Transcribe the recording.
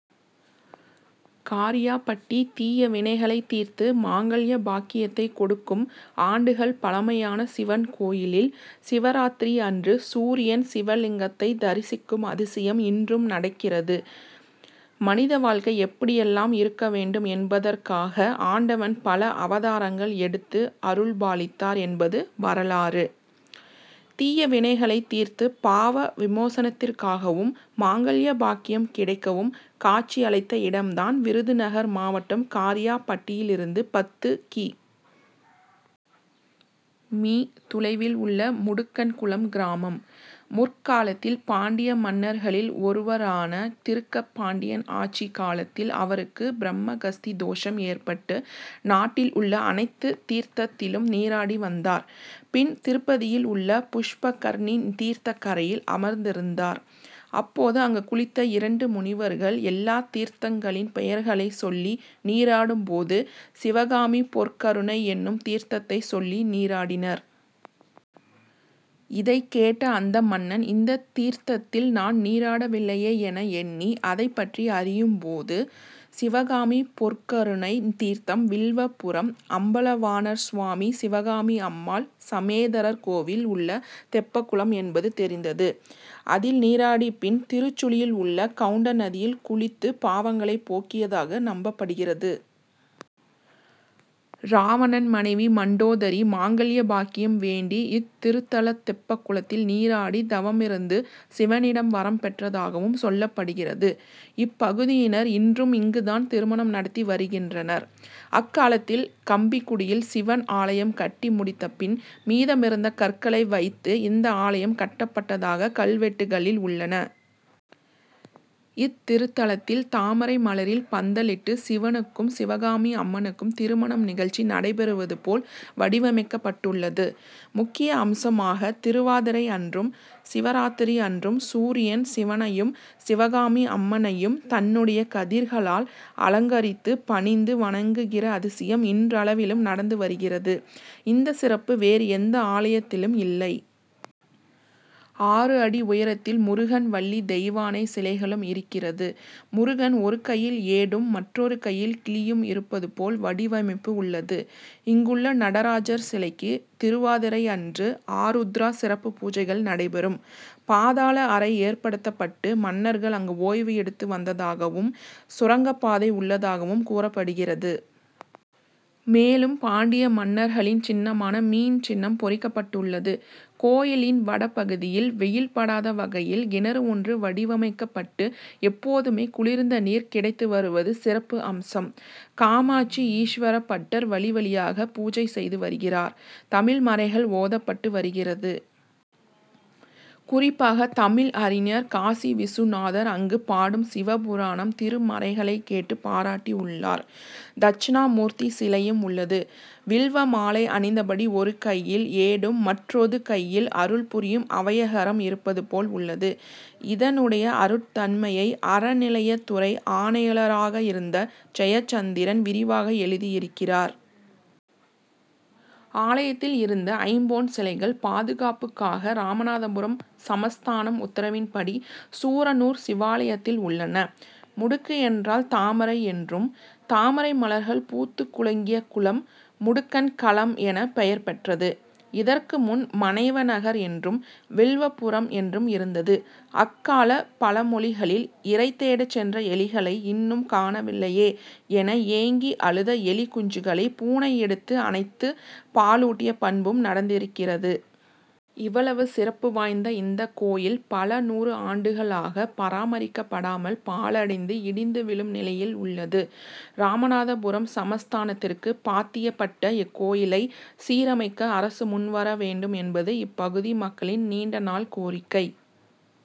காரியாபட்டி தீயவினைகளை தீர்த்து மாங்கல்ய பாக்கியத்தை கொடுக்கும் ஆண்டுகள் பழமையான சிவன்கோயிலில் சிவராத்திரி அன்று சூரியன் சிவலிங்கத்தை தரிசிக்கும் அதிசயம் இன்றும் நடக்கிறது. மனித வாழ்க்கை எப்படி எல்லாம் இருக்க வேண்டும் என்பதற்காக ஆண்டவன் பல அவதாரங்கள் எடுத்து அருள்பாலித்தார் என்பது வரலாறு. தீயவினைகளை தீர்த்து பாவ விமோசனத்திற்காகவும் மாங்கல்ய பாக்கியம் கிடைக்கவும் காட்சி அளித்த இடம்தான் விருதுநகர் மாவட்டம் காரியாபட்டியிலிருந்து பத்து கி. மீ.தொலைவில் உள்ள முடுக்கன்குளம் கிராமம். முற்காலத்தில் பாண்டியமன்னர்களில் ஒருவரான திருக்கபாண்டியன் ஆட்சி காலத்தில் அவருக்கு பிரம்மகஸ்தி தோஷம் ஏற்பட்டு நாட்டில் உள்ள அனைத்து தீர்த்தத்திலும் நீராடி வந்தார். பின் திருப்பதியில் உள்ள புஷ்பகர்ணி தீர்த்தகரையில் அமர்ந்திருந்தார். அப்போது அங்கு குளித்த இரண்டு முனிவர்கள் எல்லா தீர்த்தங்களின் பெயர்களை சொல்லி நீராடும்போது சிவகாமி பொற்கருனை எனும் தீர்த்தத்தை சொல்லி நீராடினர். இதை கேட்ட அந்த மன்னன் இந்த தீர்த்ததில் நான் நீராடவில்லையே என எண்ணி அதைப்பற்றி அறியும்போது சிவகாமி பொற்கருனை தீர்த்தம் வில்வபுரம் அம்பலவாணர்சுவாமி சிவகாமி அம்மாள் சமேதரர் கோயில் உள்ள தெப்பக்குளம் என்பது தெரிந்தது. அதில் நீராடி பின் திருச்சுழியில் உள்ள கவுண்டநதியில் குளித்து பாவங்களை போக்கியதாக நம்பப்படுகிறது. ராவணன் மனைவி மண்டோதரி மாங்கல்ய பாக்கியம் வேண்டி இத்திருத்தல தெப்பகுளத்தில் நீராடி தவமிருந்து சிவனிடம் வரம் பெற்றதாகவும் சொல்லப்படுகிறது. இப்பகுதியினர் இன்றும் இங்குதான் திருமணம் நடத்தி வருகின்றனர். அக்காலத்தில் கம்பிக்குடியில் சிவன் ஆலயம் கட்டி முடித்த பின் மீதமிருந்த கற்களை வைத்து இந்த ஆலயம் கட்டப்பட்டதாக கல்வெட்டுகளில் உள்ளன. இத்திருத்தலத்தில் தாமரை மலரில் பந்தலிட்டு சிவனுக்கும் சிவகாமி அம்மனுக்கும் திருமண நிகழ்ச்சி நடைபெறுவதுபோல் வடிவமைக்கப்பட்டுள்ளது. முக்கிய அம்சமாக திருவாதிரை அன்றும் சிவராத்திரி அன்றும் சூரியன் சிவனையும் சிவகாமி அம்மனையும் தன்னுடைய கதிர்களால் அலங்கரித்து பணிந்து வணங்குகிற அதிசயம் இன்றளவிலும் நடந்து வருகிறது. இந்த சிறப்பு வேறு எந்த ஆலயத்திலும் இல்லை. ஆறு அடி உயரத்தில் முருகன் வள்ளி தெய்வானை சிலைகளும் இருக்கிறது. முருகன் ஒரு கையில் ஏடும் மற்றொரு கையில் கிளியும் இருப்பது போல் வடிவமைப்பு உள்ளது. இங்குள்ள நடராஜர் சிலைக்கு திருவாதிரை அன்று ஆருத்ரா சிறப்பு பூஜைகள் நடைபெறும். பாதாள அறை ஏற்படுத்தப்பட்டு மன்னர்கள் அங்கு ஓய்வு எடுத்து வந்ததாகவும் சுரங்கப்பாதை உள்ளதாகவும் கூறப்படுகிறது. மேலும் பாண்டிய மன்னர்களின் சின்னமான மீன் சின்னம் பொறிக்கப்பட்டுள்ளது. கோயிலின் வடபகுதியில் வெயில் படாத வகையில் கிணறு ஒன்று வடிவமைக்கப்பட்டு எப்போதுமே குளிர்ந்த நீர் கிடைத்து வருவது சிறப்பு அம்சம். காமாட்சி ஈஸ்வர பட்டர் வழி வழியாக பூஜை செய்து வருகிறார். தமிழ் மறைகள் ஓதப்பட்டு வருகிறது. குறிப்பாக தமிழ் அறிஞர் காசிவிசுநாதர் அங்கு பாடும் சிவபுராணம் திருமறைகளை கேட்டு பாராட்டி உள்ளார். தட்சிணாமூர்த்தி சிலையும் உள்ளது. வில்வ மாலை அணிந்த படி ஒரு கையில் ஏடும் மற்றொது கையில் அருள் புரியும் அவையகரம் இருப்பது போல் உள்ளது. இதனுடைய அருட்தன்மையை அறநிலையத்துறை ஆணையாளராக இருந்த ஜெயச்சந்திரன் விரிவாக எழுதி இருக்கிறார். ஆலயத்தில் இருந்த ஐம்பொன் சிலைகள் பாதுகாப்புக்காக ராமநாதபுரம் சமஸ்தானம் உத்தரவின்படி சூரனூர் சிவாலயத்தில் உள்ளன. முடுக்கு என்றால் தாமரை என்றும் தாமரை மலர்கள் பூத்துக் குலுங்கிய குளம் முடுக்கன்களம் என பெயர் பெற்றது. இதற்கு முன் மனைவநகர் என்றும் வில்வபுரம் என்றும் இருந்தது. அக்கால பழமொழிகளில் இறைதேட சென்ற எலிகளை இன்னும் காணவில்லையே என ஏங்கி அழுத எலி குஞ்சுகளை பூனை எடுத்து அணைத்து பாலூட்டிய பண்பும் நடந்திருக்கிறது. இவ்வளவு சிறப்பு வாய்ந்த இந்த கோயில் பல நூறு ஆண்டுகளாக பராமரிக்கப்படாமல் பாழடைந்து இடிந்து விழும் நிலையில் உள்ளது. ராமநாதபுரம் சமஸ்தானத்திற்கு பாத்தியப்பட்ட இக்கோயிலை சீரமைக்க அரசு முன்வரவேண்டும் என்பது இப்பகுதி மக்களின் நீண்ட நாள் கோரிக்கை.